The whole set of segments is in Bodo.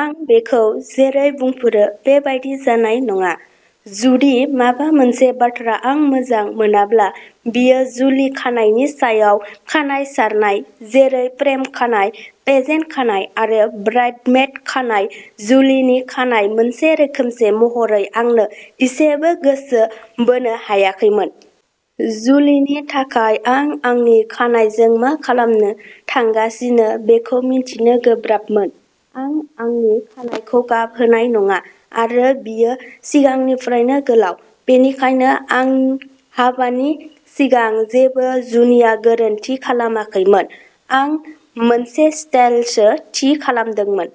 आं बेखौ जेरै बुंफोरो बे बायदि जानाय नङा। जुदि माबा मोनसे बाथ्रा आं मोजां मोनाब्ला बेयो जुलि खानायनि सायाव खानाय सारनाय। जेरै प्रम खानाय पेजेंट खानाय आरो ब्राइदमेइद खानाय जुलिनि खानाय मोनसे रोखोम महरै आंनो एसेबो गोसो बोनो हायाखैमोन। जुलिनि थाखाय आं आंनि खानायजों मा खालामनो थांगासिनो बेखौ मिन्थिनो गोब्राबमोन। आं आंनि खानाइखौ गाब होनाय नङा आरो बेयो सिगांनिफ्रायनो गोलाव। बेनिखायनो आं हाबानि सिगां जेबो जुनिया गोरोन्थि खालामाखैमोन। आं मोनसे स्टाइलसो थि खालामदोंमोन।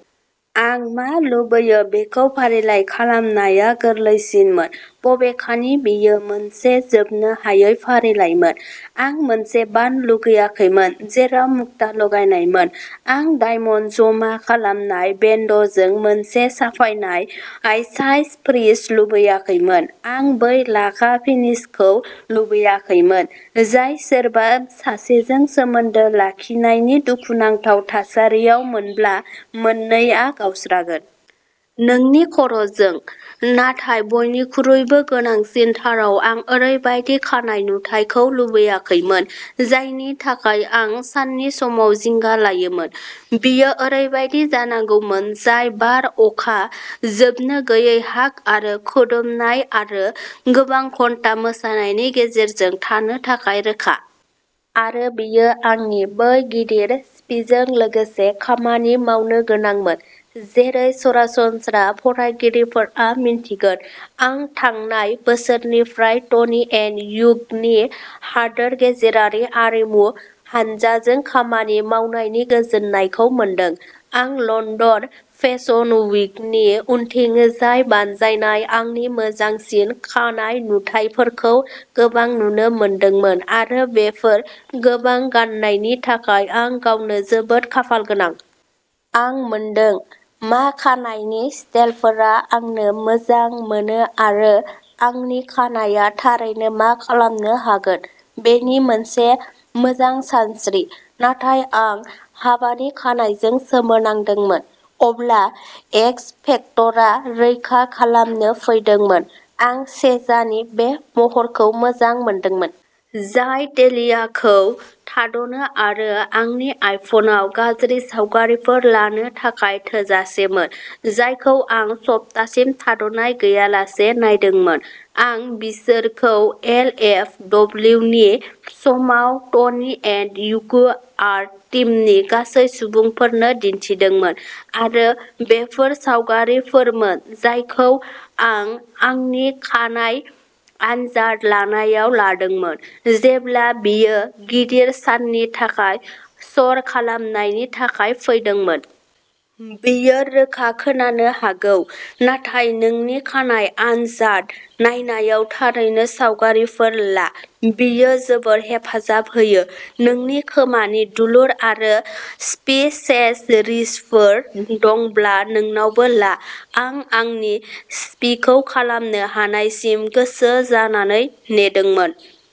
आं मा लुबैयो बेखौ फारिलाइ खालामनाया गोरलैसिनमोन। बबेखानि बेयो मोनसे जोबनो हायै फारिलाइमोन। आं मोनसे बान लुबैयाखैमोन जेराव मुक्ता लागायनायमोन। आं डायमन्ट ज'मा खालामनाय बेन्डजों मोनसे साफायनाय साइड फ्रिज लुबैयाखैमोन। आं बै लाखा फिनिसखौ लुबैयाखैमोन जाय सोरबा सासेजों सोमोन्दो लाखिनायनि दुखुनांथाव थासारियाव मोनब्ला मोननैआव गावस्रागोन। नोंनि खर'जों। नाथाय बयनिख्रुइबो गोनांसिनथाराव आं ओरैबायदि खानाय नुथायखौ लुबैयाखैमोन जायनि थाखाय आं साननि समाव जिंगा लायोमोन। बेयो ओरैबायदि जानांगौमोन जाय बार, अखा, जोबनो गैयै हाग आरो खुदुमनाय आरो गोबां घन्टा मोसानायनि गेजेरजों थानो थाखाय रोखा। आरो बेयो आंनि बै गिदिर सिफिजों लोगोसे खामानि मावनो गोनांमोन। जेरै सरासनस्रा फरायगिरिफोरा मिन्थिगोन। आं थांनाय बोसोरनिफ्राय ट'नि एन्ड ग्युनि हादोर गेजेरारि आरिमु हानजाजों खामानि मावनायनि गोजोननायखौ मोनदों। आं लन्दन फेसन वीकनि उनथिंजाय बानायजानाय आंनि मोजांसिन खानाय नुथाइफोरखौ गोबां नुनो मोनदों आरो बेफोर गोबां गान्नायनि थाखाय आं गावनो जोबोद खाफालगोनां। आं मोनदों। मा खानाइनि स्टाइलफोरा आंनो मोजां मोनो आरो आंनि खानाया थारैनो मा खालामनो हागोन। बेनि मोनसे मोजां सानस्रि। नाथाय आं हाबानि खानाइजों सोमोनांदोंमोन। अब्ला एक्स फेक्टरा रैखा खालामनो फैदोंमोन। आं चेजजानि बे महरखौ मोजां मोनदोंमोन। जाय टेलिआखौ थाद'नो आरो आंनि आइफ'नाव गाज्रि सावगारिफोर लानो थाखाय थोजासेमोन। जायखौ आं सप्तासिम थाद'नाय गैयालासे नायदोंमोन। आं बिसोरखौ एल एफ डब्लिउनि समाव ट'नि एन्ड ग्यु आर्ट टीमनि गासै सुबुंफोरनो दिन्थिदोंमोन आरो बेफोर सावगारिफोरमोन जायखौ आं आंनि खानाइ आनजाद नायनायाव लादोंमोन जेब्ला बेयो गिदिर साननि थाखाय सर'खालामनायनि थाखाय फैदोंमोन। बेयो रोखा खोनानो हागौ। नाथाय नोंनि खानाइ आनजाद नायनायाव थारैनो सावगारिफोर ला। बेयो जोबोद हेफाजाब होयो। नोंनि खोमानि दुलुर आरो सिफि सेसरिजफोर दंब्ला नोंनावबो ला। आं आंनि सिफिखौ खालामनो हानायसिम गोसो जानानै नेदोंमोन।